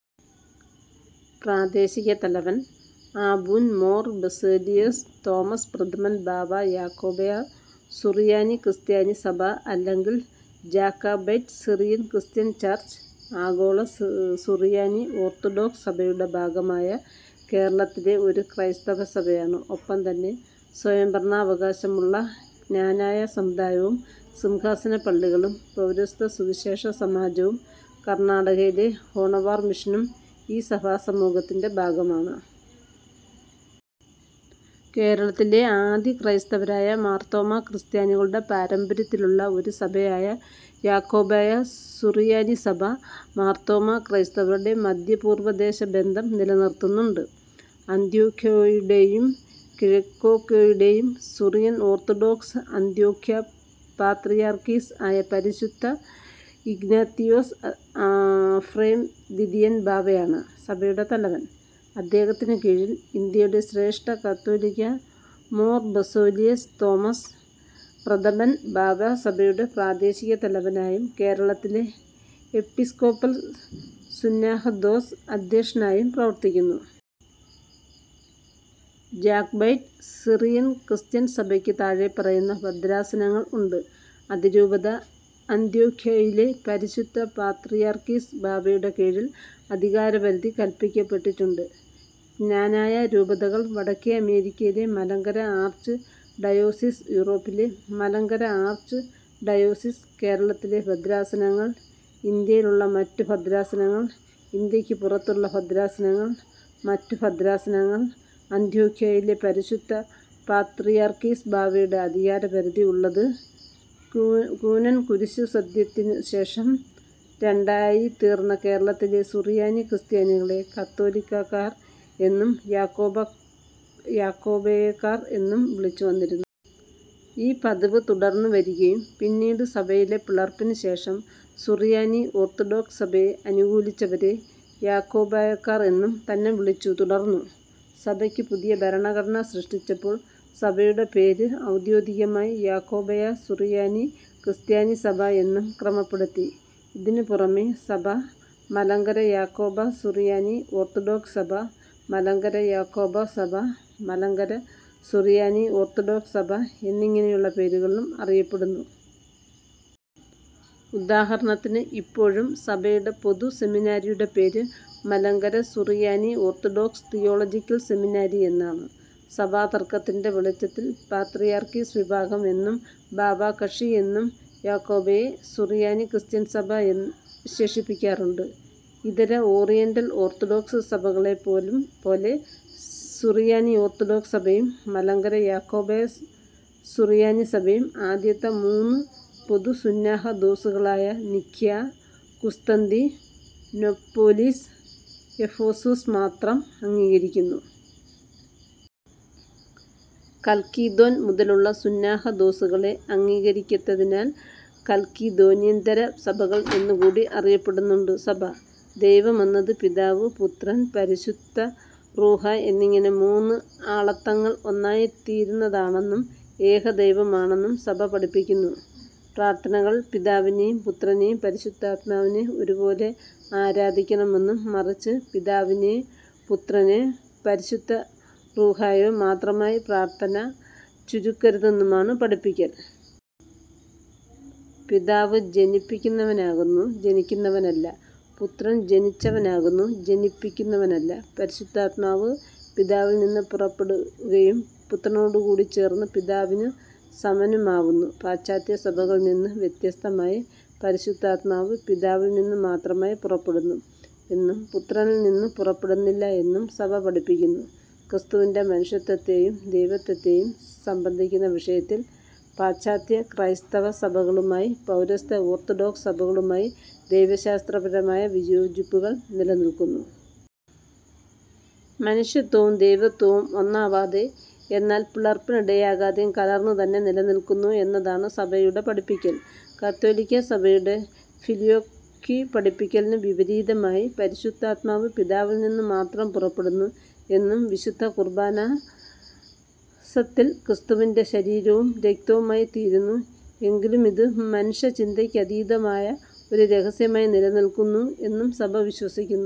പ്രാദേശിക തലവൻ: ആബൂൻ മോർ ബസേലിയോസ് തോമസ് പ്രഥമൻ ബാവാ യാക്കോബായ സുറിയാനി ക്രിസ്ത്യാനി സഭ അല്ലെങ്കിൽ ജാക്കബൈറ്റ് സിറിയൻ ക്രിസ്ത്യൻ ചർച്, ആഗോള സുറിയാനി ഓർത്തഡോക്സ് സഭയുടെ ഭാഗമായ കേരളത്തിലെ ഒരു ക്രൈസ്തവ സഭയാണ്. ഒപ്പം തന്നെ സ്വയംഭരണാവകാശമുള്ള ക്നാനായ സമുദായവും സിംഹാസന പള്ളികളും പൗരസ്ത്യ സുവിശേഷ സമാജവും കർണാടകയിലെ ഹോണവാർ മിഷനും ഈ സഭാ സമൂഹത്തിൻ്റെ ഭാഗമാണ്. കേരളത്തിലെ ആദിക്രൈസ്തവരായ മാർത്തോമാ ക്രിസ്ത്യാനികളുടെ പാരമ്പര്യത്തിലുള്ള ഒരു സഭയായ യാക്കോബായ സുറിയാനി സഭ, മാർത്തോമാ ക്രൈസ്തവരുടെ മദ്ധ്യപൂർവ്വദേശ ബന്ധം നിലനിർത്തുന്നുണ്ട്. അന്ത്യോഖ്യായുടേയും കിഴക്കൊക്കെയുടേയും സുറിയാനി ഓർത്തഡോക്സ് അന്ത്യോഖ്യാ പാത്രിയർക്കീസ് ആയ പരിശുദ്ധ ഇഗ്നാത്തിയോസ് അഫ്രേം ദ്വിതിയൻ ബാവായാണ് സഭയുടെ തലവൻ. അദ്ദേഹത്തിനു കീഴിൽ ഇന്ത്യയുടെ ശ്രേഷ്ഠ കത്തോലിക്ക മോർ ബസേലിയോസ് തോമസ് പ്രഥമൻ ബാവാ സഭയുടെ പ്രാദേശിക തലവനായും കേരളത്തിലെ എപ്പിസ്കോപ്പൽ സുന്നഹദോസ് അദ്ധ്യക്ഷനായും പ്രവർത്തിക്കുന്നു. ജാക്കബൈറ്റ് സിറിയൻ ക്രിസ്ത്യൻ സഭയ്ക്ക് താഴെ പറയുന്ന ഭദ്രാസനങ്ങൾ ഉണ്ട് അതിരൂപത അന്ത്യോഖ്യയിലെ പരിശുദ്ധ പാത്രീയർക്കീസ് ബാവായുടെ കീഴിൽ അധികാരപരിധി കൽപ്പിക്കപ്പെട്ടിട്ടുണ്ട് ക്നാനായ രൂപതകൾ വടക്കേ അമേരിക്കയിലെ മലങ്കര ആർച്ച് ഡയോസീസ് യൂറോപ്പിലെ മലങ്കര ആർച്ച് ഡയോസീസ് കേരളത്തിലെ ഭദ്രാസനങ്ങൾ ഇന്ത്യയിൽ ഉള്ള മറ്റു ഭദ്രാസനങ്ങൾ ഇന്ത്യയ്ക്ക് പുറത്തുള്ള ഭദ്രാസനങ്ങൾ മറ്റ് ഭദ്രാസനങ്ങൾ അന്ത്യോഖ്യയിലെ പരിശുദ്ധ പാത്രീയർക്കീസ് ബാവായുടെ അധികാരപരിധി ഉള്ളത് കൂനൻ കുരിശു സത്യത്തിനു ശേഷം രണ്ടായിത്തീർന്ന കേരളത്തിലെ സുറിയാനി ക്രിസ്ത്യാനികളെ കത്തോലിക്കർ എന്നും യാക്കോബായക്കാർ എന്നും വിളിച്ചുവന്നിരുന്നു. ഈ പതിവ് തുടർന്ന് വരികയും പിന്നീട് സഭയിലെ പിളർപ്പിനു ശേഷം സുറിയാനി ഓർത്തഡോക്സ് സഭയെ അനുകൂലിച്ചവരെ യാക്കോബായക്കാർ എന്ന് തന്നെ വിളിച്ച് തുടർന്നു. സഭയ്ക്ക് പുതിയ ഭരണഘടന സൃഷ്ടിച്ചപ്പോൾ സഭയുടെ പേര് ഔദ്യോഗികമായി യാക്കോബായ സുറിയാനി ക്രിസ്ത്യാനി സഭ എന്ന് ക്രമപ്പെടുത്തി. ഇതിനു പുറമെ സഭ മലങ്കര യാക്കോബായ സുറിയാനി ഓർത്തഡോക്സ് സഭ, മലങ്കര യാക്കോബായ സഭ, മലങ്കര സുറിയാനി ഓർത്തഡോക്സ് സഭ എന്നിങ്ങനെയുള്ള പേരുകളിലും അറിയപ്പെടുന്നു. ഉദാഹരണത്തിനു ഇപ്പോഴും സഭയുടെ പൊതു സെമിനാരിയുടെ പേര് Malankara Suriyani orthodox theological seminary എന്നാണ്. സഭാതർക്കത്തിൻ്റെ വെളിച്ചത്തിൽ പാത്രിയർക്കീസ് വിഭാഗം എന്നും ബാവാ കക്ഷി എന്നും യാക്കോബായ സുറിയാനി ക്രിസ്ത്യാനി സഭ വിശേഷിപ്പിക്കപ്പെടാറുണ്ട്. ഇതര ഓറിയൻ്റൽ ഓർത്തഡോക്സ് സഭകളെ പോലെ സുറിയാനി ഓർത്തഡോക്സ് സഭയും മലങ്കര യാക്കോബായ സുറിയാനി സഭയും ആദ്യത്തെ മൂന്ന് പൊതു സുന്നഹദോസുകളായ നിഖ്യാ, കുസ്തന്തീനോപ്പൊലീസ്, എഫേസുസ് മാത്രം അംഗീകരിക്കുന്നു. കൽക്കിദോൻ മുതലുള്ള സുന്നഹദോസുകളെ അംഗീകരിക്കാത്തതിനാൽ കൽക്കിദോന്യേതര സഭകൾ എന്നുകൂടി അറിയപ്പെടുന്നുണ്ട് സഭ. ദൈവമെന്നത് പിതാവ് പുത്രൻ, പരിശുദ്ധ റൂഹാ എന്നിങ്ങനെ മൂന്ന് ആളത്തങ്ങൾ ഒന്നായി തീരുന്നതാണെന്നും ഏകദൈവമാണെന്നും സഭ പഠിപ്പിക്കുന്നു. പ്രാർത്ഥനകളിൽ പിതാവിനെയും പുത്രനെയും പരിശുദ്ധാത്മാവിനെയും ഒരേ പോലെ ആരാധിക്കണമെന്നും മറിച്ച് പിതാവിനോ പുത്രനോ പരിശുദ്ധ റൂഹായേയോ മാത്രമായി പ്രാർത്ഥന ചുരുക്കരുതെന്നുമാണ് പഠിപ്പിക്കൽ. "പിതാവ് ജനിപ്പിക്കുന്നവനാകുന്നു, ജനിക്കുന്നവനല്ല. പുത്രൻ ജനിച്ചവനാകുന്നു ജനിപ്പിക്കുന്നവനല്ല. പരിശുദ്ധാത്മാവ് പിതാവിൽ നിന്ന് പുറപ്പെടുകയും പുത്രനോടു കൂടി ചേർന്ന് പിതാവിനു സമനുമാവുന്നു. "പാശ്ചാത്യ സഭകളിൽ നിന്ന് വ്യത്യസ്തമായി പരിശുദ്ധാത്മാവ് പിതാവിൽ നിന്ന് മാത്രമായി പുറപ്പെടുന്നു എന്നും പുത്രനിൽ നിന്ന് പുറപ്പെടുന്നില്ല എന്നും സഭ പഠിപ്പിക്കുന്നു. ക്രിസ്തുവിൻ്റെ മനുഷ്യത്വത്തെയും ദൈവത്വത്തെയും സംബന്ധിക്കുന്ന വിഷയത്തിൽ പാശ്ചാത്യ ക്രൈസ്തവ സഭകളുമായും പൗരസ്ത്യ ഓർത്തഡോക്സ് സഭകളുമായും ദൈവശാസ്ത്രപരമായ വിയോജിപ്പുകൾ നിലനിൽക്കുന്നു. മനുഷ്യത്വവും ദൈവത്വവും ഒന്നാവാതെ എന്നാൽ പിളർപ്പിനിടയാകാതെയും കലർന്ന് തന്നെ നിലനിൽക്കുന്നു എന്നതാണ് സഭയുടെ പഠിപ്പിക്കൽ. കത്തോലിക്ക സഭയുടെ ഫിലിയോക്വി പഠിപ്പിക്കലിനു വിപരീതമായി പരിശുദ്ധാത്മാവ് പിതാവിൽ നിന്ന് മാത്രം പുറപ്പെടുന്നു എന്നും വിശുദ്ധ കുർബാന സത്തിൽ ക്രിസ്തുവിൻ്റെ ശരീരവും രക്തവുമായി തീരുന്നു എങ്കിലുമിത് മനുഷ്യചിന്തക്കതീതമായ ഒരു രഹസ്യമായി നിലനിൽക്കുന്നു എന്നും സഭ വിശ്വസിക്കുന്നു.